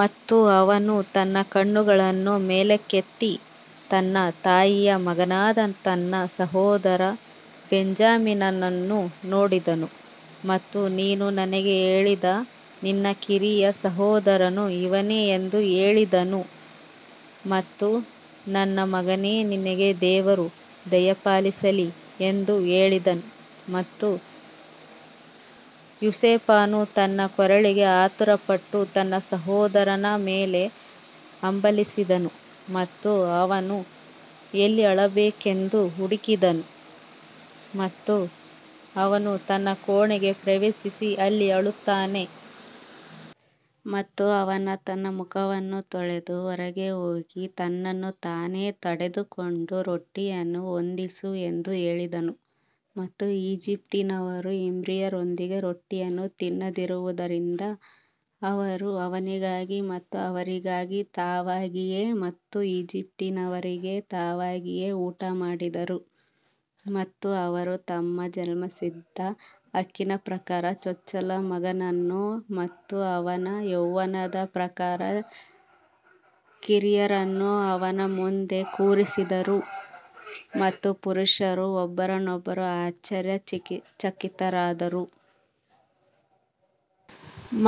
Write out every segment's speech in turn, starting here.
ಮತ್ತು ಅವನು ತನ್ನ ಕಣ್ಣುಗಳನ್ನು ಮೇಲಕ್ಕೆತ್ತಿ ತನ್ನ ತಾಯಿಯ ಮಗನಾದ ತನ್ನ ಸಹೋದರ ಬೆಂಜಮಿನನನ್ನು ನೋಡಿದನು ಮತ್ತು ನೀನು ನನಗೆ ಹೇಳಿದ ನಿನ್ನ ಕಿರಿಯ ಸಹೋದರನು ಇವನೇ ಎಂದು ಹೇಳಿದನು ಮತ್ತು ನನ್ನ ಮಗನೇ ನಿನಗೆ ದೇವರು ದಯಪಾಲಿಸಲಿ ಎಂದು ಹೇಳಿದನು. ಮತ್ತು ಯೋಸೇಫನು ತನ್ನ ಕರುಳಿಗೆ ಆತುರಪಟ್ಟು ತನ್ನ ಸಹೋದರನ ಮೇಲೆ ಹಂಬಲಿಸಿದನು ಮತ್ತು ಅವನು ಎಲ್ಲಿ ಅಳಬೇಕೆಂದು ಹುಡುಕಿದನು ಮತ್ತು ಅವನು ತನ್ನ ಕೋಣೆಗೆ ಪ್ರವೇಶಿಸಿ ಅಲ್ಲಿ ಅಳುತ್ತಾನೆ. ಮತ್ತು ಅವನು ತನ್ನ ಮುಖವನ್ನು ತೊಳೆದು ಹೊರಗೆ ಹೋಗಿ ತನ್ನನ್ನು ತಾನೇ ತಡೆದುಕೊಂಡು ರೊಟ್ಟಿಯನ್ನು ಹೊಂದಿಸು ಎಂದು ಹೇಳಿದನು ಮತ್ತು ಈಜಿಪ್ಟಿನವರು ಇಬ್ರಿಯರೊಂದಿಗೆ ರೊಟ್ಟಿಯನ್ನು ತಿನ್ನದಿರುವದರಿಂದ ಅವರು ಅವನಿಗಾಗಿ ಮತ್ತು ಅವರಿಗಾಗಿ ತಾವಾಗಿಯೇ ಮತ್ತು ಈಜಿಪ್ಟಿನವರಿಗೆ ತಾವಾಗಿಯೇ ಊಟ ಮಾಡಿದರು. ಮತ್ತು ಅವರು ತಮ್ಮ ಜನ್ಮಸಿದ್ಧ ಹಕ್ಕಿನ ಪ್ರಕಾರ ಚೊಚ್ಚಲ ಮಗನನ್ನು ಮತ್ತು ಅವನ ಯೌವನದ ಪ್ರಕಾರ ಕಿರಿಯರನ್ನು ಅವನ ಮುಂದೆ ಕೂರಿಸಿದರು ಮತ್ತು ಪುರುಷರು ಒಬ್ಬರನ್ನೊಬ್ಬರು ಆಶ್ಚರ್ಯಚಕಿತರಾದರು.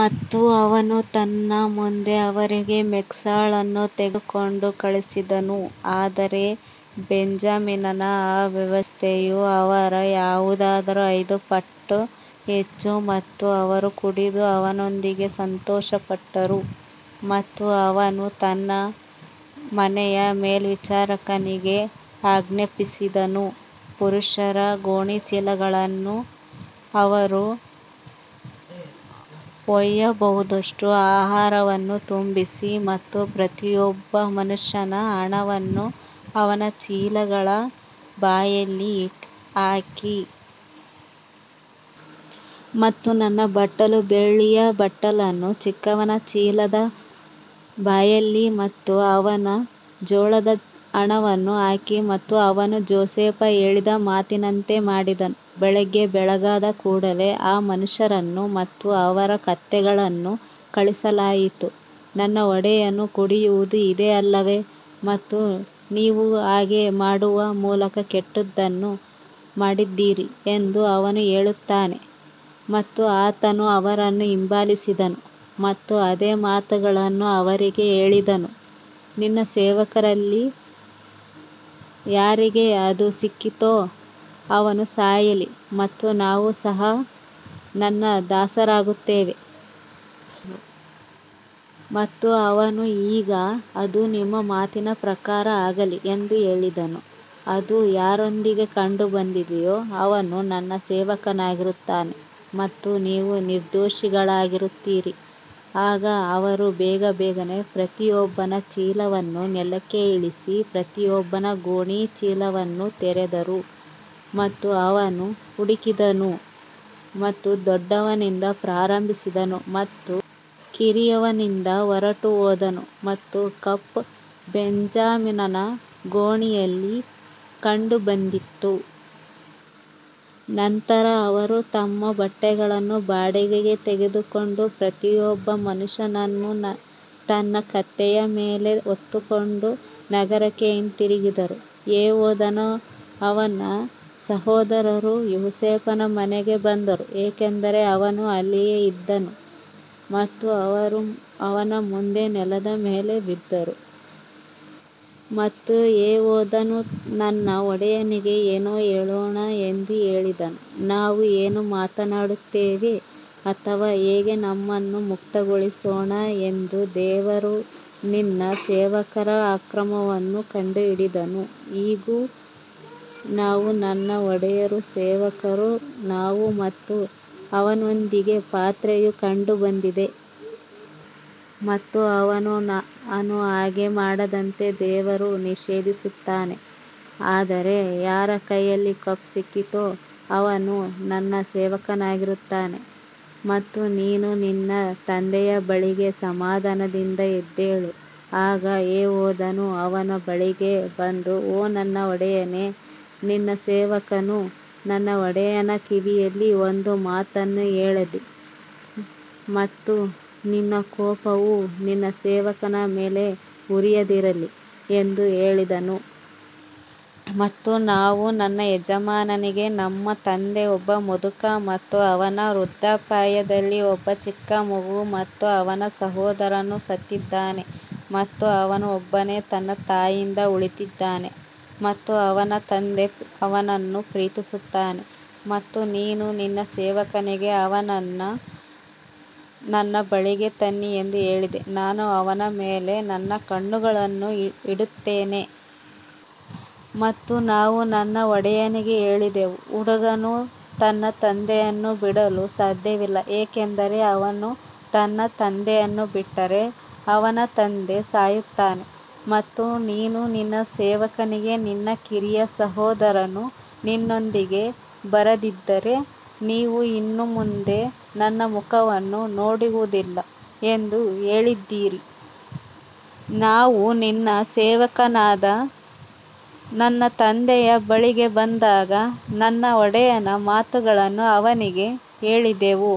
ಮತ್ತು ಅವನು ತನ್ನ ಮುಂದೆ ಅವರಿಗೆ ಮೆಸ್ಗಳನ್ನು ತೆಗೆದುಕೊಂಡು ಕಳುಹಿಸಿದನು ಆದರೆ ಬೆಂಜಮಿನನ ಅವ್ಯವಸ್ಥೆಯು ಅವರ ಯಾವುದಾದರೂ ಐದು ಪಟ್ಟು ಹೆಚ್ಚು ಮತ್ತು ಅವರು ಕುಡಿದು ಅವನೊಂದಿಗೆ ಸಂತೋಷಪಟ್ಟರು. ಮತ್ತು ಅವನು ತನ್ನ ಮನೆಯ ಮೇಲ್ವಿಚಾರಕನಿಗೆ ಆಜ್ಞಾಪಿಸಿದನು, ಪುರುಷರ ಗೋಣಿಚೀಲಗಳನ್ನು ಅವರು ಒಯ್ಯಬಹುದಾದಷ್ಟು ಆಹಾರವನ್ನು ತುಂಬಿಸಿ ಮತ್ತು ಪ್ರತಿಯೊಬ್ಬ ಮನುಷ್ಯನ ಹಣವನ್ನು ಅವನ ಚೀಲಗಳ ಬಾಯಿಯಲ್ಲಿ ಹಾಕಿ. ಮತ್ತು ನನ್ನ ಬಟ್ಟಲು ಬೆಳ್ಳಿಯ ಬಟ್ಟಲನ್ನು ಚಿಕ್ಕವನ ಚೀಲದ ಬಾಯಿಯಲ್ಲಿ ಮತ್ತು ಅವನ ಜೋಳದ ಹಣವನ್ನು ಹಾಕಿ ಮತ್ತು ಅವನು ಯೋಸೇಫ ಹೇಳಿದ ಮಾತಿನಂತೆ ಮಾಡಿದನು. ಬೆಳಿಗ್ಗೆ ಬೆಳಗಾದ ಕೂಡಲೆ ಆ ಮನುಷ್ಯರನ್ನು ಮತ್ತು ಅವರ ಕತ್ತೆಗಳನ್ನು ಕಳುಹಿಸಲಾಯಿತು ನನ್ನ ಒಡೆಯನು ಕುಡಿಯುವುದು ಇದೇ ಅಲ್ಲವೇ ಮತ್ತು ನೀವು ಹಾಗೆ ಮಾಡುವ ಮೂಲಕ ಕೆಟ್ಟದ್ದನ್ನು ಮಾಡಿದ್ದೀರಿ ಎಂದು ಅವನು ಹೇಳುತ್ತಾನೆ ಮತ್ತು ಆತನು ಅವರನ್ನು ಹಿಂಬಾಲಿಸಿದನು ಮತ್ತು ಅದೇ ಮಾತುಗಳನ್ನು ಅವರಿಗೆ ಹೇಳಿದನು ನಿನ್ನ ಸೇವಕರಲ್ಲಿ ಯಾರಿಗೆ ಅದು ಸಿಕ್ಕಿತೋ ಅವನು ಸಾಯಲಿ ಮತ್ತು ನಾವೂ ಸಹ ನನ್ನ ದಾಸರಾಗುತ್ತೇವೆ. ಮತ್ತು ಅವನು ಈಗ ಅದು ನಿಮ್ಮ ಮಾತಿನ ಪ್ರಕಾರ ಆಗಲಿ ಎಂದು ಹೇಳಿದನು, ಅದು ಯಾರೊಂದಿಗೆ ಕಂಡುಬಂದಿದೆಯೋ ಅವನು ನನ್ನ ಸೇವಕನಾಗಿರುತ್ತಾನೆ ಮತ್ತು ನೀವು ನಿರ್ದೋಷಿಗಳಾಗಿರುತ್ತೀರಿ. ಆಗ ಅವರು ಬೇಗಬೇಗನೆ ಪ್ರತಿಯೊಬ್ಬನ ಚೀಲವನ್ನು ನೆಲಕ್ಕೆ ಇಳಿಸಿ ಪ್ರತಿಯೊಬ್ಬನ ಗೋಣಿಚೀಲವನ್ನು ತೆರೆದರು ಮತ್ತು ಅವನು ಹುಡುಕಿದನು ಮತ್ತು ದೊಡ್ಡವನಿಂದ ಪ್ರಾರಂಭಿಸಿದನು ಮತ್ತು ಕಿರಿಯವನಿಂದ ಹೊರಟುಹೋದನು ಮತ್ತು ಕಪ್ ಬೆಂಜಮಿನನ ಗೋಣಿಯಲ್ಲಿ ಕಂಡುಬಂದಿತು. ನಂತರ ಅವರು ತಮ್ಮ ಬಟ್ಟೆಗಳನ್ನು ಬಾಡಿಗೆಗೆ ತೆಗೆದುಕೊಂಡು ಪ್ರತಿಯೊಬ್ಬ ಮನುಷ್ಯನನ್ನು ತನ್ನ ಕತ್ತೆಯ ಮೇಲೆ ಹೊತ್ತುಕೊಂಡು ನಗರಕ್ಕೆ ಹಿಂತಿರುಗಿದರು ಯೆಹೂದನೂ ಅವನ ಸಹೋದರರೂ ಯೋಸೇಫನ ಮನೆಗೆ ಬಂದರು, ಏಕೆಂದರೆ ಅವನು ಅಲ್ಲಿಯೇ ಇದ್ದನು ಮತ್ತು ಅವರು ಅವನ ಮುಂದೆ ನೆಲದ ಮೇಲೆ ಬಿದ್ದರು. ಮತ್ತು ಯೆಹೂದನು ನನ್ನ ಒಡೆಯನಿಗೆ ಏನು ಹೇಳೋಣ ಎಂದು ಹೇಳಿದನು, ನಾವು ಏನು ಮಾತನಾಡುತ್ತೇವೆ ಅಥವಾ ಹೇಗೆ ನಮ್ಮನ್ನು ಮುಕ್ತಗೊಳಿಸೋಣ ಎಂದು ದೇವರು ನಿನ್ನ ಸೇವಕರ ಅಕ್ರಮವನ್ನು ಕಂಡುಹಿಡಿದನು, ಇಗೋ ನಾವು ನನ್ನ ಒಡೆಯರು ಸೇವಕರು ನಾವು ಮತ್ತು ಅವನೊಂದಿಗೆ ಪಾತ್ರೆಯು ಕಂಡುಬಂದಿದೆ. ಮತ್ತು ಅವನು ನಾನು ಹಾಗೆ ಮಾಡದಂತೆ ದೇವರು ನಿಷೇಧಿಸುತ್ತಾನೆ ಆದರೆ ಯಾರ ಕೈಯಲ್ಲಿ ಕಪ್ ಸಿಕ್ಕಿತೋ ಅವನು ನನ್ನ ಸೇವಕನಾಗಿರುತ್ತಾನೆ ಮತ್ತು ನೀನು ನಿನ್ನ ತಂದೆಯ ಬಳಿಗೆ ಸಮಾಧಾನದಿಂದ ಎದ್ದೇಳು ಆಗ ಯೆಹೂದನು ಅವನ ಬಳಿಗೆ ಬಂದು ಓ ನನ್ನ ಒಡೆಯನೇ ನಿನ್ನ ಸೇವಕನು ನನ್ನ ಒಡೆಯನ ಕಿವಿಯಲ್ಲಿ ಒಂದು ಮಾತನ್ನು ಹೇಳಲಿ ಮತ್ತು ನಿನ್ನ ಕೋಪವು ನಿನ್ನ ಸೇವಕನ ಮೇಲೆ ಉರಿಯದಿರಲಿ ಎಂದು ಹೇಳಿದನು. ಮತ್ತು ನಾವು ನನ್ನ ಯಜಮಾನನಿಗೆ ನಮ್ಮ ತಂದೆ ಒಬ್ಬ ಮುದುಕ ಮತ್ತು ಅವನ ವೃದ್ಧಾಪ್ಯದಲ್ಲಿ ಒಬ್ಬ ಚಿಕ್ಕ ಮಗು ಮತ್ತು ಅವನ ಸಹೋದರನು ಸತ್ತಿದ್ದಾನೆ ಮತ್ತು ಅವನು ಒಬ್ಬನೇ ತನ್ನ ತಾಯಿಯಿಂದ ಉಳಿದಿದ್ದಾನೆ ಮತ್ತು ಅವನ ತಂದೆ ಅವನನ್ನು ಪ್ರೀತಿಸುತ್ತಾನೆ. ಮತ್ತು ನೀನು ನಿನ್ನ ಸೇವಕರಿಗೆ ಅವನನ್ನು ನನ್ನ ಬಳಿಗೆ ತನ್ನಿ ಎಂದು ಹೇಳಿದಿ, ನಾನು ಅವನ ಮೇಲೆ ನನ್ನ ಕಣ್ಣುಗಳನ್ನು ಇಡುತ್ತೇನೆ. ಮತ್ತು ನಾವು ನನ್ನ ಒಡೆಯನಿಗೆ ಹೇಳಿದೆವು, ಹುಡುಗನು ತನ್ನ ತಂದೆಯನ್ನು ಬಿಡಲು ಸಾಧ್ಯವಿಲ್ಲ ಏಕೆಂದರೆ ಅವನು ತನ್ನ ತಂದೆಯನ್ನು ಬಿಟ್ಟರೆ ಅವನ ತಂದೆ ಸಾಯುತ್ತಾನೆ ಮತ್ತು ನೀನು ನಿನ್ನ ಸೇವಕರಿಗೆ ನಿನ್ನ ಕಿರಿಯ ಸಹೋದರನು ನಿನ್ನೊಂದಿಗೆ ಬರದಿದ್ದರೆ ನೀವು ಇನ್ನು ಮುಂದೆ ನನ್ನ ಮುಖವನ್ನು ನೋಡುವುದಿಲ್ಲ ಎಂದು ಹೇಳಿದಿರಿ. ನಾವು ನಿನ್ನ ಸೇವಕನಾದ ನನ್ನ ತಂದೆಯ ಬಳಿಗೆ ಬಂದಾಗ ನನ್ನ ಒಡೆಯನ ಮಾತುಗಳನ್ನು ಅವನಿಗೆ ಹೇಳಿದೆವು।